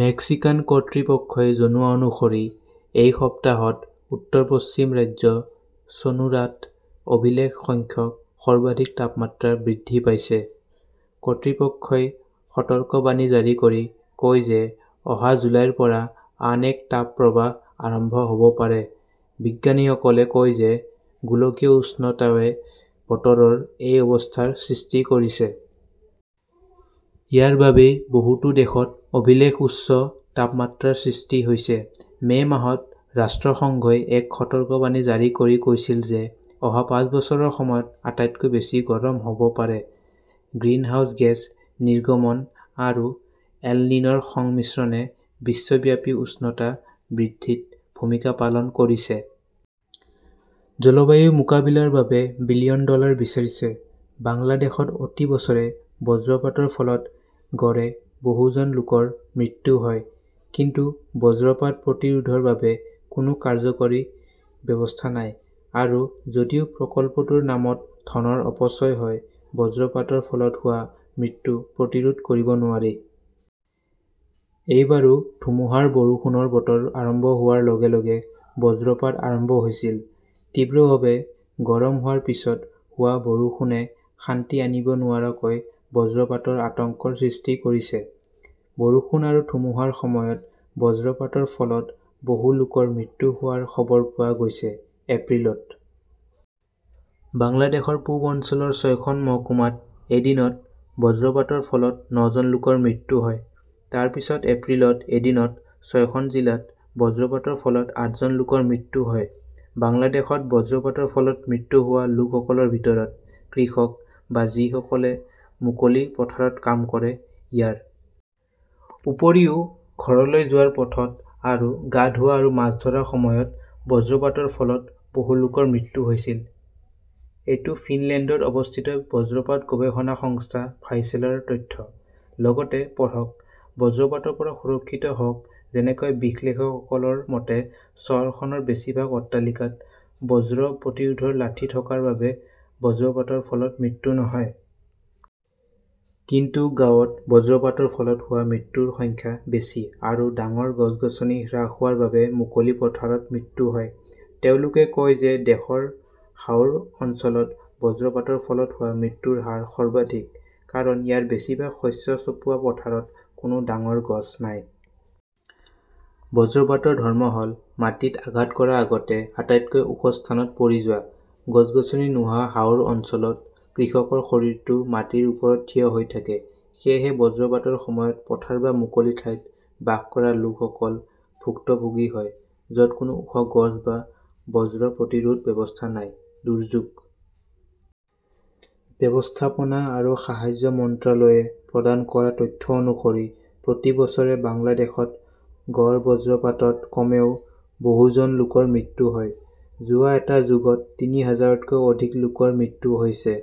Mexican কৰ্তৃপক্ষই জনোৱা অনুসৰি এই সপ্তাহত উত্তৰ-পশ্চিম ৰাজ্য চনোৰাত অভিলেখ সংখ্যক সৰ্বাধিক তাপমাত্ৰা বৃদ্ধি পাইছে। কৰ্তৃপক্ষই সতৰ্কবাণী জাৰি কৰি কয় যে অহা জুলাইৰ পৰা আন এক তাপপ্ৰবাহ আৰম্ভ হ'ব পাৰে। বিজ্ঞানীসকলে কয় যে গোলকীয় উষ্ণতাৱে বতৰৰ এই অৱস্থাৰ সৃষ্টি কৰিছে। ইয়াৰ বাবেই বহুতো দেশত অভিলেখ উচ্চ তাপমাত্ৰাৰ সৃষ্টি হৈছে। মে' মাহত ৰাষ্ট্ৰসংঘই এক সতৰ্কবাণী জাৰি কৰি কৈছিল যে অহা পাঁচ বছৰৰ সময়ত আটাইতকৈ বেছি গৰম হ'ব পাৰে। গ্ৰিনহাউজ গেছ নিৰ্গমন আৰু এল নিন'ৰ সংমিশ্ৰণে বিশ্বব্যাপী উষ্ণতা বৃদ্ধিত ভূমিকা পালন কৰিছে। জলবায়ু মোকাবিলাৰ বাবে বিলিয়ন ডলাৰ বিচাৰিছে। বাংলাদেশত প্ৰতি বছৰে বজ্ৰপাতৰ ফলত গড়ে বহু জন লোকৰ মৃত্যু হয়। কিন্তু বজ্ৰপাত প্ৰতিৰোধৰ বাবে কোনো কাৰ্যকৰী ব্যৱস্থা নাই। আৰু যদিও প্ৰকল্পটোৰ নামত ধনৰ অপচয় হয়, বজ্ৰপাতৰ ফলত হোৱা মৃত্যু প্ৰতিৰোধ কৰিব নোৱাৰি। এইবাৰো ধুমুহাৰ বৰষুণৰ বতৰ আৰম্ভ হোৱাৰ লগে লগে বজ্ৰপাত আৰম্ভ হৈছিল। তীব্ৰভাৱে গৰম হোৱাৰ পিছত হোৱা বৰষুণে শান্তি আনিব নোৱাৰাকৈ বজ্ৰপাতৰ আতংকৰ সৃষ্টি কৰিছে। বৰষুণ আৰু ধুমুহাৰ সময়ত বজ্ৰপাতৰ ফলত বহু লোকৰ মৃত্যু হোৱাৰ খবৰ পোৱা গৈছে। এপ্ৰিলত বাংলাদেশৰ পূব অঞ্চলৰ ছয়খন মহকুমাত এদিনত বজ্ৰপাতৰ ফলত নজন লোকৰ মৃত্যু হয়। তাৰ পিছত এপ্ৰিলত এদিনত ছয়খন জিলাত বজ্ৰপাতৰ ফলত আঠজন লোকৰ মৃত্যু হয়। বাংলাদেশত বজ্ৰপাতৰ ফলত মৃত্যু হোৱা লোকসকলৰ ভিতৰত কৃষক বা যিসকলে মুকলি পথাৰত কাম কৰে। ইয়াৰ উপৰিও, ঘৰলৈ যোৱাৰ পথত আৰু গা ধোৱা আৰু মাছ ধৰাৰ সময়ত বজ্ৰপাতৰ ফলত বহুলোকৰ মৃত্যু হৈছিল। এইটো ফিনলেণ্ডত অৱস্থিত বজ্ৰপাত গৱেষণা সংস্থা ভাইচেলাৰ তথ্য। লগতে পঢ়কঃ বজ্ৰপাতৰ পৰা সুৰক্ষিত হওঁক যেনেকৈ বিশ্লেষকসকলৰ মতে, চহৰখনৰ বেছিভাগ অট্টালিকাত বজ্ৰ প্ৰতিৰোধৰ লাঠি থকাৰ বাবে বজ্ৰপাতৰ ফলত মৃত্যু নহয়। কিন্তু গাঁৱত বজ্ৰপাতৰ ফলত হোৱা মৃত্যুৰ সংখ্যা বেছি আৰু ডাঙৰ গছ-গছনি হ্ৰাস হোৱাৰ বাবে মুকলি পথাৰত মৃত্যু হয়। তেওঁলোকে কয় যে দেশৰ হাওৰ অঞ্চলত বজ্ৰপাতৰ ফলত হোৱা মৃত্যুৰ হাৰ সৰ্বাধিক। কাৰণ ইয়াৰ বেছিভাগ শস্য চপোৱা পথাৰত কোনো ডাঙৰ গছ নাই। বজ্ৰপাতৰ ধৰ্ম হ'ল মাটিত আঘাত কৰাৰ আগতে আটাইতকৈ ওখ স্থানত পৰি যোৱা। গছ-গছনি নোহোৱা হাওৰ অঞ্চলত কৃষকৰ শৰীৰটো মাটিৰ ওপৰত থিয় হৈ থাকে। সেয়েহে বজ্ৰপাতৰ সময়ত পথাৰত বা মুকলি ঠাইত বাস কৰা লোকসকল ভুক্তভোগী হয় য'ত কোনো ওখ গছ বা বজ্ৰ প্ৰতিৰোধ ব্যৱস্থা নাই। দুৰ্যোগ ব্যৱস্থাপনা আৰু সাহায্য মন্ত্ৰালয়ে প্ৰদান কৰা তথ্য অনুসৰি প্ৰতি বছৰে বাংলাদেশত গড় বজ্ৰপাতত কমেও বহুজন লোকৰ মৃত্যু হয়। যোৱা এটা যুগত তিনি হাজাৰতকৈও অধিক লোকৰ মৃত্যু হৈছে।